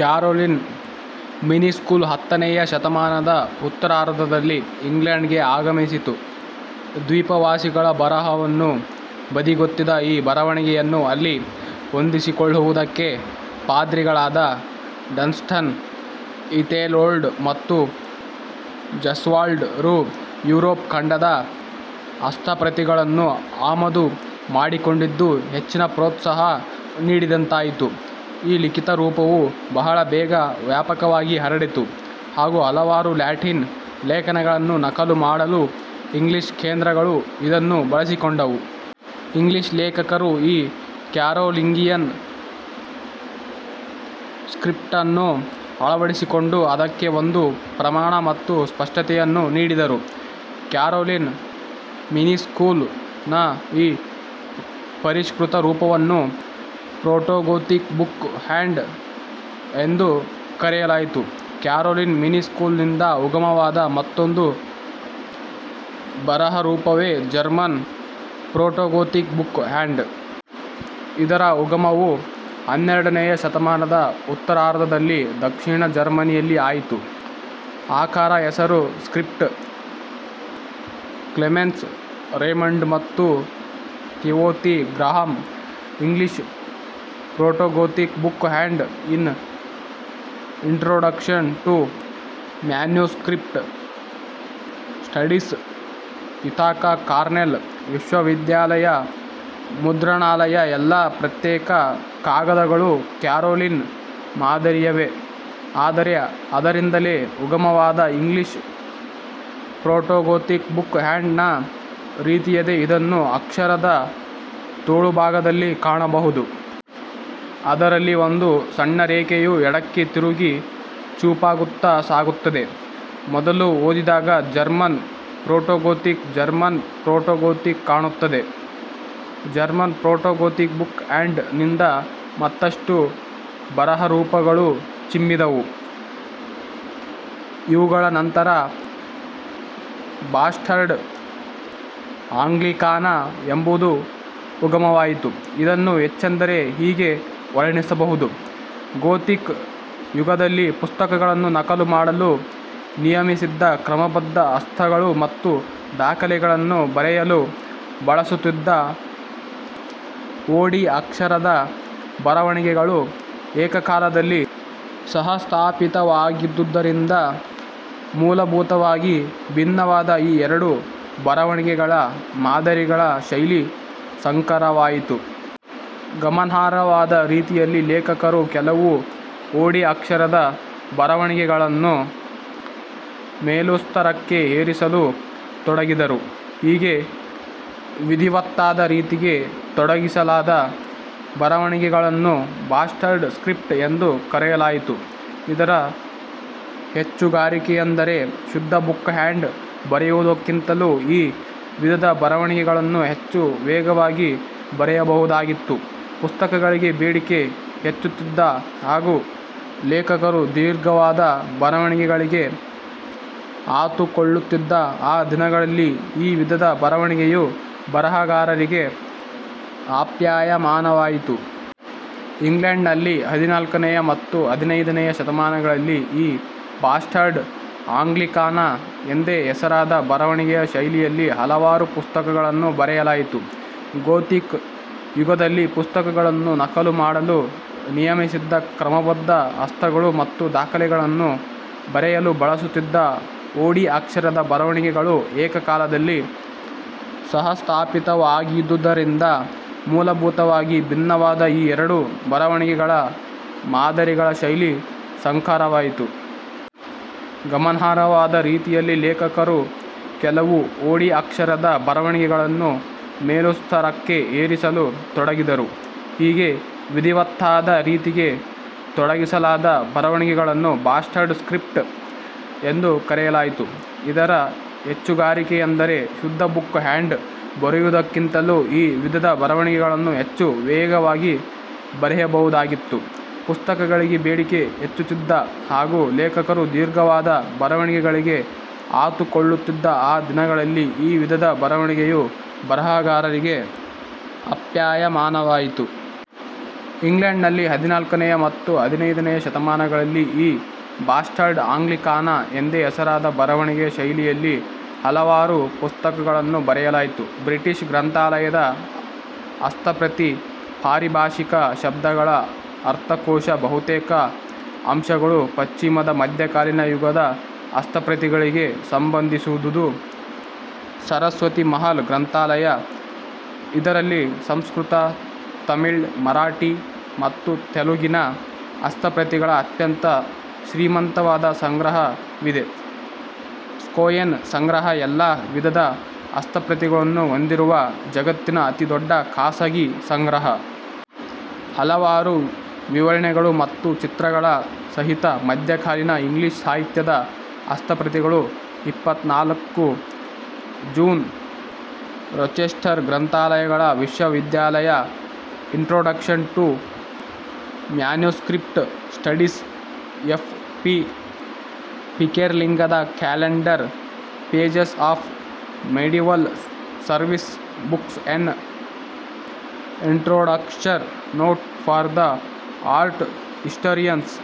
Caroline minuscule ಹತ್ತನೆಯ ಶತಮಾನದ ಉತ್ತರಾರ್ಧದಲ್ಲಿ England ಗೆ ಆಗಮಿಸಿತು. ದ್ವೀಪವಾಸಿಗಳ ಬರಹವನ್ನು ಬದಿಗೊತ್ತಿದ ಈ ಬರವಣಿಗೆಯನ್ನು ಅಲ್ಲಿ ಹೊಂದಿಸಿಕೊಳ್ಳುವುದಕ್ಕೆ ಪಾದ್ರಿಗಳಾದ ಡನ್ ಸ್ಟನ್, ಯೀಥೆಲ್ವೋಲ್ಡ್ ಮತ್ತು ಓಸ್ವಾಲ್ಡ್ ರು ಯೂರೋಪ್ ಖಂಡದ ಹಸ್ತಪ್ರತಿಗಳನ್ನು ಆಮದು ಮಾಡಿಕೊಂಡಿದ್ದು ಹೆಚ್ಚಿನ ಪ್ರೋತ್ಸಾಹ ನೀಡಿದಂತಾಯಿತು. ಈ ಲಿಖಿತರೂಪವು ಬಹಳ ಬೇಗ ವ್ಯಾಪಕವಾಗಿ ಹರಡಿತು ಹಾಗೂ ಹಲವಾರು ಲ್ಯಾಟಿನ್ ಲೇಖನಗಳನ್ನು ನಕಲು ಮಾಡಲು ಇಂಗ್ಲಿಷ್ ಕೇಂದ್ರಗಳು ಇದನ್ನು ಬಳಸಿಕೊಂಡವು. ಇಂಗ್ಲಿಷ್ ಲೇಖಕರು ಈ ಕ್ಯಾರೋಲಿಂಗಿಯನ್ ಸ್ಕ್ರಿಪ್ಟನ್ನು ಅಳವಡಿಸಿಕೊಂಡು, ಅದಕ್ಕೆ ಒಂದು ಪ್ರಮಾಣ ಮತ್ತು ಸ್ಪಷ್ಟತೆಯನ್ನು ನೀಡಿದರು. ಕ್ಯಾರೋಲಿನ್ ಮಿನಿಸ್ಕ್ಯೂಲ್ ನ ಈ ಪರಿಷ್ಕೃತ ರೂಪವನ್ನು ಪ್ರೋಟೋಗೋಥಿಕ್ ಬುಕ್ ಹ್ಯಾಂಡ್ ಎಂದು ಕರೆಯಲಾಯಿತು. ಕ್ಯಾರೋಲಿನ್ ಮಿನಿಸ್ಕ್ಯೂಲ್ ನಿಂದ ಉಗಮವಾದ ಮತ್ತೊಂದು ಬರಹರೂಪವೇ ಜರ್ಮನ್ ಪ್ರೋಟೋಗೋಥಿಕ್ ಬುಕ್ ಹ್ಯಾಂಡ್. ಇದರ ಉಗಮವು ಹನ್ನೆರಡನೆಯ ಶತಮಾನದ ಉತ್ತರಾರ್ಧದಲ್ಲಿ ದಕ್ಷಿಣ ಜರ್ಮನಿಯಲ್ಲಿ ಆಯಿತು. ಆಕರ ಹೆಸರು "ಸ್ಕ್ರಿಪ್ಟ್" ಕ್ಲೆಮೆನ್ಸ್. ರೇಮಂಡ್ ಮತ್ತು Timothy Graham. "English protogothic book hand" in introduction to manuscript studies. Ithaca Cornell ವಿಶ್ವವಿದ್ಯಾಲಯ ಮುದ್ರಣಾಲಯ, ಎಲ್ಲಾ ಪ್ರತ್ಯೇಕ ಕಾಗದಗಳೂ ಕ್ಯಾರೋಲಿನ್ ಮಾದರಿಯವೆ; ಆದರೆ ಅದರಿಂದಲೇ ಉಗಮವಾದ ಇಂಗ್ಲಿಷ್ ಪ್ರೋಟೋಗೋಥಿಕ್ ಬುಕ್ ಹ್ಯಾಂಡ್ ನ ರೀತಿಯದೇ ಇದನ್ನು ಅಕ್ಷರದ ತೋಳುಭಾಗದಲ್ಲಿ ಕಾಣಬಹುದು. ಅದರಲ್ಲಿ ಒಂದು ಸಣ್ಣರೇಖೆಯು ಎಡಕ್ಕೆ ತಿರುಗಿ ಚೂಪಾಗುತ್ತಾ ಸಾಗುತ್ತದೆ. ಮೊದಲು ಓದಿದಾಗ ಜರ್ಮನ್ ಪ್ರೋಟೋಗೋಥಿಕ್ ಜರ್ಮನ್ ಪ್ರೋಟೋಗೋಥಿಕ್ ಕಾಣುತ್ತದೆ. ಜರ್ಮನ್ ಪ್ರೋಟೋಗೋಥಿಕ್ ಬುಕ್ ಹ್ಯಾಂಡ್ ನಿಂದ ಮತ್ತಷ್ಟು ಬರಹರೂಪಗಳು ಚಿಮ್ಮಿದವು. ಇವುಗಳ ನಂತರ ಬಾಸ್ಟರ್ಡ್ ಆಂಗ್ಲಿಕಾನಾ ಎಂಬುದು ಉಗಮವಾಯಿತು. ಇದನ್ನು ಹೆಚ್ಚೆಂದರೆ ಹೀಗೆ ವರ್ಣಿಸಬಹುದು, ಗೋಥಿಕ್ ಯುಗದಲ್ಲಿ ಪುಸ್ತಕಗಳನ್ನು ನಕಲು ಮಾಡಲು ನಿಯಮಿಸಿದ್ದ ಕ್ರಮಬದ್ಧ ಹಸ್ತಗಳು ಮತ್ತು ದಾಖಲೆಗಳನ್ನು ಬರೆಯಲು ಬಳಸುತ್ತಿದ್ದ ಮೋಡಿ ಅಕ್ಷರದ ಬರವಣಿಗೆಗಳು ಏಕಕಾಲದಲ್ಲಿ ಸಹಸ್ಥಾಪಿತವಾಗಿದ್ದುದರಿಂದ ಮೂಲಭೂತವಾಗಿ ಭಿನ್ನವಾದ ಈ ಎರಡು ಬರವಣಿಗೆಗಳ ಮಾದರಿಗಳ ಶೈಲಿ-ಸಂಕರವಾಯಿತು. ಗಮನಾರ್ಹವಾದ ರೀತಿಯಲ್ಲಿ ಲೇಖಕರು ಕೆಲವು ಮೋಡಿ ಅಕ್ಷರದ ಬರವಣಿಗೆಗಳನ್ನು ಮೇಲುಸ್ತರಕ್ಕೆ ಏರಿಸಲು ತೊಡಗಿದರು. ಹೀಗೆ ವಿಧಿವತ್ತಾದ ರೀತಿಗೆ ತೊಡಗಿಸಲಾದ ಬರವಣಿಗೆಗಳನ್ನು ಬಾಸ್ಟರ್ಡ್ ಸ್ಕ್ರಿಪ್ಟ್ ಎಂದು ಕರೆಯಲಾಯಿತು. ಇದರ ಹೆಚ್ಚುಗಾರಿಕೆಯೆಂದರೆ ಶುದ್ಧ ಬುಕ್ ಹ್ಯಾಂಡ್ ಬರೆಯುವುದಕ್ಕಿಂತಲೂ ಈ ವಿಧದ ಬರವಣಿಗೆಗಳನ್ನು ಹೆಚ್ಚು ವೇಗವಾಗಿ ಬರೆಯಬಹುದಾಗಿತ್ತು. ಪುಸ್ತಕಗಳಿಗೆ ಬೇಡಿಕೆ ಹೆಚ್ಚುತ್ತಿದ್ದ ಹಾಗೂ ಲೇಖಕರು ದೀರ್ಘವಾದ ಬರವಣಿಗೆಗಳಿಗೆ ಆತುಕೊಳ್ಳುತ್ತಿದ್ದ ಆ ದಿನಗಳಲ್ಲಿ ಈ ವಿಧದ ಬರವಣಿಗೆಯು ಬರಹಗಾರರಿಗೆ ಆಪ್ಯಾಯಮಾನವಾಯಿತು. ಇಂಗ್ಲೆಂಡ್ ನಲ್ಲಿ ಹದಿನಾಲ್ಕನೆಯ ಮತ್ತು ಹದಿನೈದನೆಯ ಶತಮಾನಗಳಲ್ಲಿ ಈ ಬಾಸ್ಟರ್ಡ್ ಆಂಗ್ಲಿಕಾನಾ ಎಂದೇ ಹೆಸರಾದ ಬರವಣಿಗೆಯ ಶೈಲಿಯಲ್ಲಿ ಹಲವಾರು ಪುಸ್ತಕಗಳನ್ನು ಬರೆಯಲಾಯಿತು. ಗೋಥಿಕ್ ಯುಗದಲ್ಲಿ ಪುಸ್ತಕಗಳನ್ನು ನಕಲು ಮಾಡಲು ನಿಯಮಿಸಿದ್ದ ಕ್ರಮಬದ್ಧ ಹಸ್ತಗಳು ಮತ್ತು ದಾಖಲೆಗಳನ್ನು ಬರೆಯಲು ಬಳಸುತ್ತಿದ್ದ ಮೋಡಿ ಅಕ್ಷರದ ಬರವಣಿಗೆಗಳು ಏಕಕಾಲದಲ್ಲಿ ಸಹಸ್ಥಾಪಿತವಾಗಿದ್ದುದರಿಂದ ಮೂಲಭೂತವಾಗಿ ಭಿನ್ನವಾದ ಈ ಎರಡು ಬರವಣಿಗೆಗಳ ಮಾದರಿಗಳ ಶೈಲಿ ಸಂಕರವಾಯಿತು. ಗಮನಾರ್ಹವಾದ ರೀತಿಯಲ್ಲಿ ಲೇಖಕರು ಕೆಲವು ಮೋಡಿ ಅಕ್ಷರದ ಬರವಣಿಗೆಗಳನ್ನು ಮೇಲುಸ್ತರಕ್ಕೆ ಏರಿಸಲು ತೊಡಗಿದರು. ಹೀಗೆ ವಿಧಿವತ್ತಾದ ರೀತಿಗೆ ತೊಡಗಿಸಲಾದ ಬರವಣಿಗೆಗಳನ್ನು ಬಾಸ್ಟರ್ಡ್ ಸ್ಕ್ರಿಪ್ಟ್ ಎಂದು ಕರೆಯಲಾಯಿತು. ಇದರ ಹೆಚ್ಚುಗಾರಿಕೆಯೆಂದರೆ ಶುದ್ಧ ಬುಕ್ ಹ್ಯಾಂಡ್ ಬರೆಯುವುದಕ್ಕಿಂತಲೂ ಈ ವಿಧದ ಬರವಣಿಗೆಗಳನ್ನು ಹೆಚ್ಚು ವೇಗವಾಗಿ ಬರೆಯಬಹುದಾಗಿತ್ತು. ಪುಸ್ತಕಗಳಿಗೆ ಬೇಡಿಕೆ ಹೆಚ್ಚುತ್ತಿದ್ದ ಹಾಗೂ ಲೇಖಕರು ದೀರ್ಘವಾದ ಬರವಣಿಗೆಗಳಿಗೆ ಆತುಕೊಳ್ಳುತ್ತಿದ್ದ ಆ ದಿನಗಳಲ್ಲಿ ಈ ವಿಧದ ಬರವಣಿಗೆಯು ಬರಹಗಾರರಿಗೆ ಆಪ್ಯಾಯಮಾನವಾಯಿತು. ಇಂಗ್ಲೆಂಡ್ ನಲ್ಲಿ ಹದಿನಾಲ್ಕನೆಯ ಮತ್ತು ಹದಿನೈದನೆಯ ಶತಮಾನಗಳಲ್ಲಿ ಈ ಬಾಸ್ಟರ್ಡ್ ಆಂಗ್ಲಿಕಾನಾ ಎಂದೇ ಹೆಸರಾದ ಬರವಣಿಗೆಯ ಶೈಲಿಯಲ್ಲಿ ಹಲವಾರು ಪುಸ್ತಕಗಳನ್ನು ಬರೆಯಲಾಯಿತು. ಬ್ರಿಟಿಷ್ ಗ್ರಂಥಾಲಯದ ಹಸ್ತಪ್ರತಿ ಪಾರಿಭಾಷಿಕ ಶಬ್ದಗಳ ಅರ್ಥಕೋಶ ಬಹುತೇಕ ಅಂಶಗಳು ಪಶ್ಚಿಮದ ಮಧ್ಯಕಾಲೀನ ಯುಗದ ಹಸ್ತಪ್ರತಿಗಳಿಗೆ ಸಂಬಂಧಿಸುದುದು ಸರಸ್ವತಿಮಹಲ್ ಗ್ರಂಥಾಲಯ. ಇದರಲ್ಲಿ ಸಂಸ್ಕೃತ, ತಮಿಳ್, ಮರಾಠಿ ಮತ್ತು ತೆಲುಗಿನ ಹಸ್ತಪ್ರತಿಗಳ ಅತ್ಯಂತ ಶ್ರೀಮಂತವಾದ ಸಂಗ್ರಹ ವಿದೆ ಸ್ಕೋಯೆನ್ ಸಂಗ್ರಹ ಎಲ್ಲಾ ವಿಧದ ಹಸ್ತಪ್ರತಿಗಳನ್ನು ಹೊಂದಿರುವ ಜಗತ್ತಿನ ಅತಿ ದೊಡ್ಡ ಖಾಸಗಿ ಸಂಗ್ರಹ. ಹಲವಾರು ವಿವರಣೆಗಳು ಮತ್ತು ಚಿತ್ರಗಳ ಸಹಿತ ಮಧ್ಯಕಾಲೀನ್ ಇಂಗ್ಲಿಷ್ ಸಾಹಿತ್ಯದ ಹಸ್ತಪ್ರತಿಗಳು. ಇಪ್ಪತ್ತನಾಲ್ಕು ಜೂನ್ ರೋಚೆಸ್ಟರ್ ಗ್ರಂಥಾಲಯಗಳ ವಿಶ್ವವಿದ್ಯಾಲಯ introduction to manuscript studies. F. P. ಪಿಕೆರ್ಲಿಂಗದ calendar pages of medieval service books an introductory note for the art historians.